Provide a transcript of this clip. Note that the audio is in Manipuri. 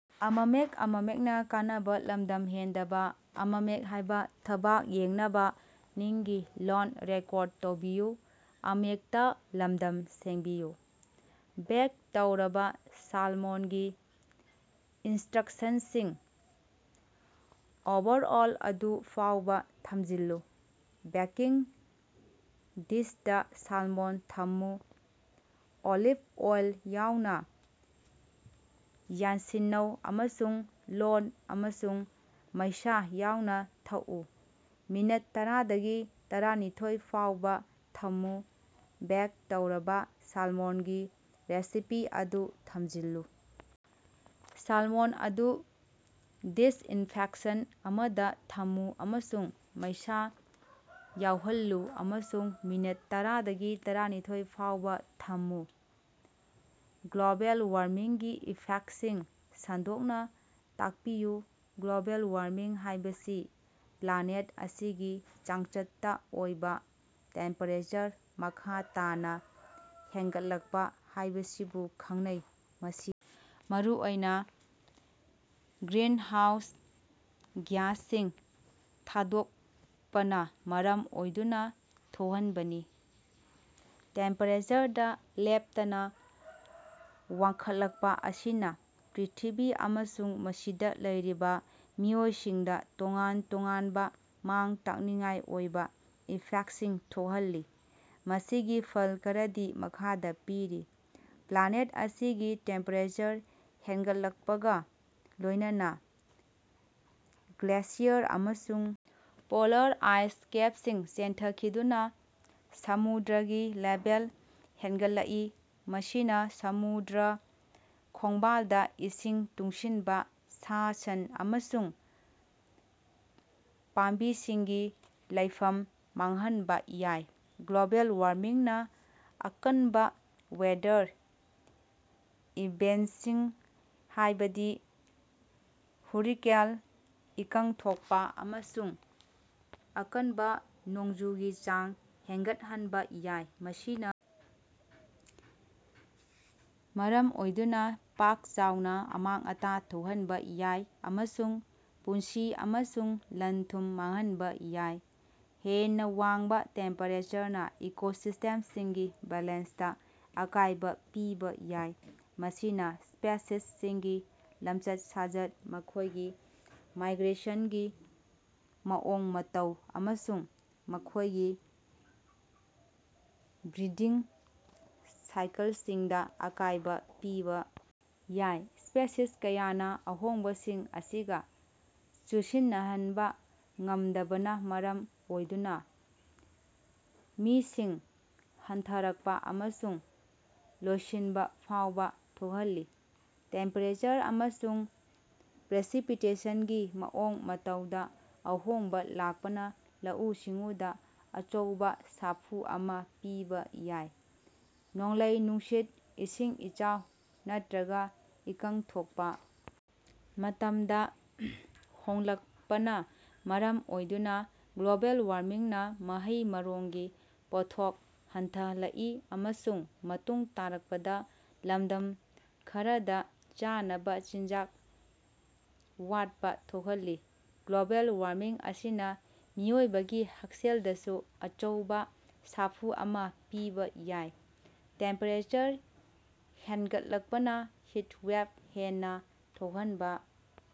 ꯕꯦꯛ ꯇꯧꯔꯕꯥ ꯁꯥꯜꯃꯣꯟꯒꯤ ꯏꯟꯁꯇ꯭ꯔꯛꯁꯟꯁꯤꯡ ꯑꯣꯚꯔꯑꯣꯜ ꯑꯗꯨ ꯐꯥꯎꯕꯥ ꯊꯝꯖꯤꯜꯂꯨ꯫ ꯕꯦꯀꯤꯡ ꯗꯤꯁꯇꯥ ꯁꯥꯜꯃꯣꯟ ꯊꯝꯃꯨ꯫ ꯑꯣꯂꯤꯞ ꯑꯣꯏꯜ ꯌꯥꯎꯅꯥ ꯌꯥꯟꯁꯤꯟꯅꯧ ꯑꯃꯁꯨꯡ ꯂꯣꯟ ꯑꯃꯁꯨꯡ ꯃꯩꯁꯥ ꯌꯥꯎꯅꯥ ꯊꯛꯎ꯫ ꯃꯤꯅꯠ ꯇꯔꯥꯗꯒꯤ ꯇꯔꯥꯅꯤꯊꯣꯏ ꯐꯥꯎꯕꯥ ꯊꯝꯃꯨ꯫ ꯕꯦꯛ ꯇꯧꯔꯕꯥ ꯁꯥꯜꯃꯣꯟꯒꯤ ꯔꯦꯁꯤꯄꯤ ꯑꯗꯨ ꯊꯝꯖꯤꯜꯂꯨ, ꯁꯥꯜꯃꯣꯟ ꯑꯗꯨ ꯗꯤꯁꯏꯟꯐꯦꯛꯁꯟ ꯑꯃꯗꯥ ꯊꯝꯃꯨ ꯑꯃꯁꯨꯡ ꯃꯩꯁꯥ ꯌꯥꯎꯍꯜꯂꯨ ꯑꯃꯁꯨꯡ ꯃꯤꯅꯠ ꯇꯔꯥꯗꯒꯤ ꯇꯔꯥꯅꯤꯊꯣꯏ ꯐꯥꯎꯕꯥ ꯊꯝꯃꯨ꯫ ꯒ꯭ꯂꯣꯕꯦꯜ ꯋꯥꯔꯃꯤꯡꯒꯤ ꯏꯐꯦꯛꯁꯤꯡ ꯁꯟꯗꯣꯛꯅꯥ ꯇꯥꯛꯄꯤꯌꯨ꯫ ꯒ꯭ꯂꯣꯕꯦꯜ ꯋꯥꯔꯃꯤꯡ ꯍꯥꯏꯕꯁꯤ ꯄ꯭ꯂꯥꯅꯦꯠ ꯑꯁꯤꯒꯤ ꯆꯥꯡꯆꯠꯇꯥ ꯑꯣꯏꯕꯥ ꯇꯦꯝꯄꯦꯔꯦꯆꯔ ꯃꯈꯥ ꯇꯥꯅꯥ ꯍꯦꯟꯒꯠꯂꯛꯄꯥ ꯍꯥꯏꯕꯁꯤꯕꯨ ꯈꯪꯅꯩ, ꯃꯁꯤ ꯃꯔꯨꯑꯣꯏꯅꯥ ꯒ꯭ꯔꯤꯟꯍꯥꯎꯁ ꯒ꯭ꯌꯥꯁꯁꯤꯡ ꯊꯥꯗꯣꯛꯄꯅꯥ ꯃꯔꯝ ꯑꯣꯏꯗꯨꯅꯥ ꯊꯣꯛꯍꯟꯕꯅꯤ꯫ ꯇꯦꯝꯄꯦꯔꯦꯆꯔꯗꯥ ꯂꯦꯞꯇꯅꯥ ꯋꯥꯡꯈꯠꯂꯛꯄꯥ ꯑꯁꯤꯅꯥ ꯄ꯭ꯔꯤꯊꯤꯕꯤ ꯑꯃꯁꯨꯡ ꯃꯁꯤꯗꯥ ꯂꯩꯔꯤꯕꯥ ꯃꯤꯑꯣꯏꯁꯤꯡꯗꯥ ꯇꯣꯉꯥꯟ-ꯇꯣꯉꯥꯟꯕꯥ ꯃꯥꯡ-ꯇꯥꯛꯅꯤꯡꯉꯥꯏ ꯑꯣꯏꯕꯥ ꯏꯐꯦꯛꯁꯤꯡ ꯊꯣꯛꯍꯜꯂꯤ꯫ ꯃꯁꯤꯒꯤ ꯐꯜ ꯈꯔꯗꯤ ꯃꯈꯥꯗꯥ ꯄꯤꯔꯤ꯫ ꯄ꯭ꯂꯥꯅꯦꯠ ꯑꯁꯤꯒꯤ ꯇꯦꯝꯄꯦꯔꯦꯆꯔ ꯍꯦꯟꯒꯠꯂꯛꯄꯒꯥ ꯂꯣꯏꯅꯅꯥ ꯒ꯭ꯂꯦꯁꯤꯌꯔ ꯑꯃꯁꯨꯡ ꯄꯣꯂꯥꯔ ꯑꯥꯏꯁ ꯀꯦꯞꯁꯤꯡ ꯆꯦꯟꯊꯈꯤꯗꯨꯅꯥ ꯁꯃꯨꯗ꯭ꯔꯒꯤ ꯂꯦꯚꯦꯜ ꯍꯦꯟꯒꯠꯂꯛꯏ꯫ ꯃꯁꯤꯅꯥ ꯁꯃꯨꯗ꯭ꯔ ꯈꯣꯡꯕꯥꯜꯗꯥ ꯏꯁꯤꯡ ꯇꯨꯡꯁꯤꯟꯕꯥ, ꯁꯥ-ꯁꯟ ꯑꯃꯁꯨꯡ ꯄꯥꯝꯕꯤꯁꯤꯡꯒꯤ ꯂꯩꯐꯝ ꯃꯥꯡꯍꯟꯕꯥ ꯌꯥꯏ꯫ ꯒ꯭ꯂꯣꯕꯦꯜ ꯋꯥꯔꯃꯤꯡꯅꯥ ꯑꯀꯟꯕꯥ ꯋꯦꯗꯔ ꯏꯚꯦꯟꯁꯤꯡ, ꯍꯥꯏꯕꯗꯤ ꯍꯨꯔꯤꯀꯦꯟ, ꯏꯀꯪ ꯊꯣꯛꯄꯥ ꯑꯃꯁꯨꯡ ꯑꯀꯟꯕꯥ ꯅꯣꯡꯖꯨꯒꯤ ꯆꯥꯡ ꯍꯦꯟꯒꯠꯍꯟꯕꯥ ꯌꯥꯏ꯫ ꯃꯁꯤꯅꯥ ꯃꯔꯝ ꯑꯣꯏꯗꯨꯅꯥ ꯄꯥꯛ ꯆꯥꯎꯅꯥ ꯑꯃꯥꯡ-ꯑꯇꯥ ꯊꯣꯛꯍꯟꯕꯥ ꯌꯥꯏ ꯑꯃꯁꯨꯡ ꯄꯨꯟꯁꯤ ꯑꯃꯁꯨꯡ ꯂꯟ-ꯊꯨꯝ ꯃꯥꯡꯍꯟꯕꯥ ꯌꯥꯏ꯫ ꯍꯦꯟꯅꯥ ꯋꯥꯡꯕꯥ ꯇꯦꯝꯄꯦꯔꯦꯆꯔꯅꯥ ꯏꯀꯣꯁꯤꯁꯇꯦꯝꯁꯤꯡꯒꯤ ꯕꯦꯂꯦꯟꯁꯇꯥ ꯑꯀꯥꯏꯕꯥ ꯄꯤꯕꯥ ꯌꯥꯏ, ꯃꯁꯤꯅꯥ ꯁ꯭ꯄꯦꯁꯤꯁꯁꯤꯡꯒꯤ ꯂꯝꯆꯠ-ꯁꯥꯖꯠ, ꯃꯈꯣꯏꯒꯤ ꯃꯥꯏꯒ꯭ꯔꯦꯁꯟꯒꯤ ꯃꯑꯣꯡ-ꯃꯇꯧ ꯑꯃꯁꯨꯡ ꯃꯈꯣꯏꯒꯤ ꯕ꯭ꯔꯤꯗꯤꯡ ꯁꯥꯏꯀꯜꯁꯤꯡꯗꯥ ꯑꯀꯥꯏꯕꯥ ꯄꯤꯕꯥ ꯌꯥꯏ꯫ ꯁ꯭ꯄꯦꯁꯤꯁ ꯀꯌꯥꯅꯥ ꯑꯍꯣꯡꯕꯁꯤꯡ ꯑꯁꯤꯒꯥ ꯆꯨꯁꯤꯟꯅꯍꯟꯕꯥ ꯉꯝꯗꯕꯅꯥ ꯃꯔꯝ ꯑꯣꯏꯗꯨꯅꯥ ꯃꯤꯁꯤꯡ ꯍꯟꯊꯔꯛꯄꯥ ꯑꯃꯁꯨꯡ ꯂꯣꯏꯁꯤꯟꯕꯥ ꯐꯥꯎꯕꯥ ꯊꯣꯛꯍꯜꯂꯤ꯫ꯇꯦꯝꯄꯦꯔꯦꯆꯔ ꯑꯃꯁꯨꯡ ꯄ꯭ꯔꯦꯁꯤꯄꯤꯇꯦꯁꯟꯒꯤ ꯃꯑꯣꯡ ꯃꯇꯧꯗꯥ ꯑꯍꯣꯡꯕꯥ ꯂꯥꯛꯄꯅꯥ ꯂꯧꯎ-ꯁꯤꯡꯎꯗꯥ ꯑꯆꯧꯕꯥ ꯁꯥꯐꯨ ꯑꯃꯥ ꯄꯤꯕꯥ ꯌꯥꯏ꯫ ꯅꯣꯡꯂꯩ-ꯅꯨꯡꯁꯤꯠ, ꯏꯁꯤꯡ ꯏꯆꯥꯎ ꯅꯠꯇ꯭ꯔꯒꯥ ꯏꯀꯪ ꯊꯣꯛꯄꯥ ꯃꯇꯝꯗꯥ ꯍꯣꯡꯂꯛꯄꯅꯥ ꯃꯔꯝ ꯑꯣꯏꯗꯨꯅꯥ ꯒ꯭ꯂꯣꯕꯦꯜ ꯋꯥꯔꯃꯤꯡꯅꯥ ꯃꯍꯩ-ꯃꯔꯣꯡꯒꯤ ꯄꯣꯠꯊꯣꯛ ꯍꯟꯊꯍꯟꯂꯛꯏ ꯑꯃꯁꯨꯡ ꯃꯇꯨꯡ ꯇꯥꯔꯛꯄꯗꯥ ꯂꯝꯗꯝ ꯈꯔꯗꯥ ꯆꯥꯅꯕꯥ ꯆꯤꯟꯖꯥꯛ ꯋꯥꯠꯄꯥ ꯊꯣꯛꯍꯜꯂꯤ꯫ ꯒ꯭ꯂꯣꯕꯦꯜ ꯋꯥꯔꯃꯤꯡ ꯑꯁꯤꯅꯥ ꯃꯤꯑꯣꯏꯕꯒꯤ ꯍꯛꯁꯦꯜꯗꯁꯨ ꯑꯆꯧꯕꯥ ꯁꯥꯐꯨ ꯑꯃꯥ ꯄꯤꯕꯥ ꯌꯥꯏ꯫ ꯇꯦꯝꯄꯦꯔꯦꯆꯔ ꯍꯦꯟꯒꯠꯂꯛꯄꯅꯥ ꯍꯤꯠꯋꯦꯞ ꯍꯦꯟꯅꯥ ꯊꯣꯛꯍꯟꯕꯥ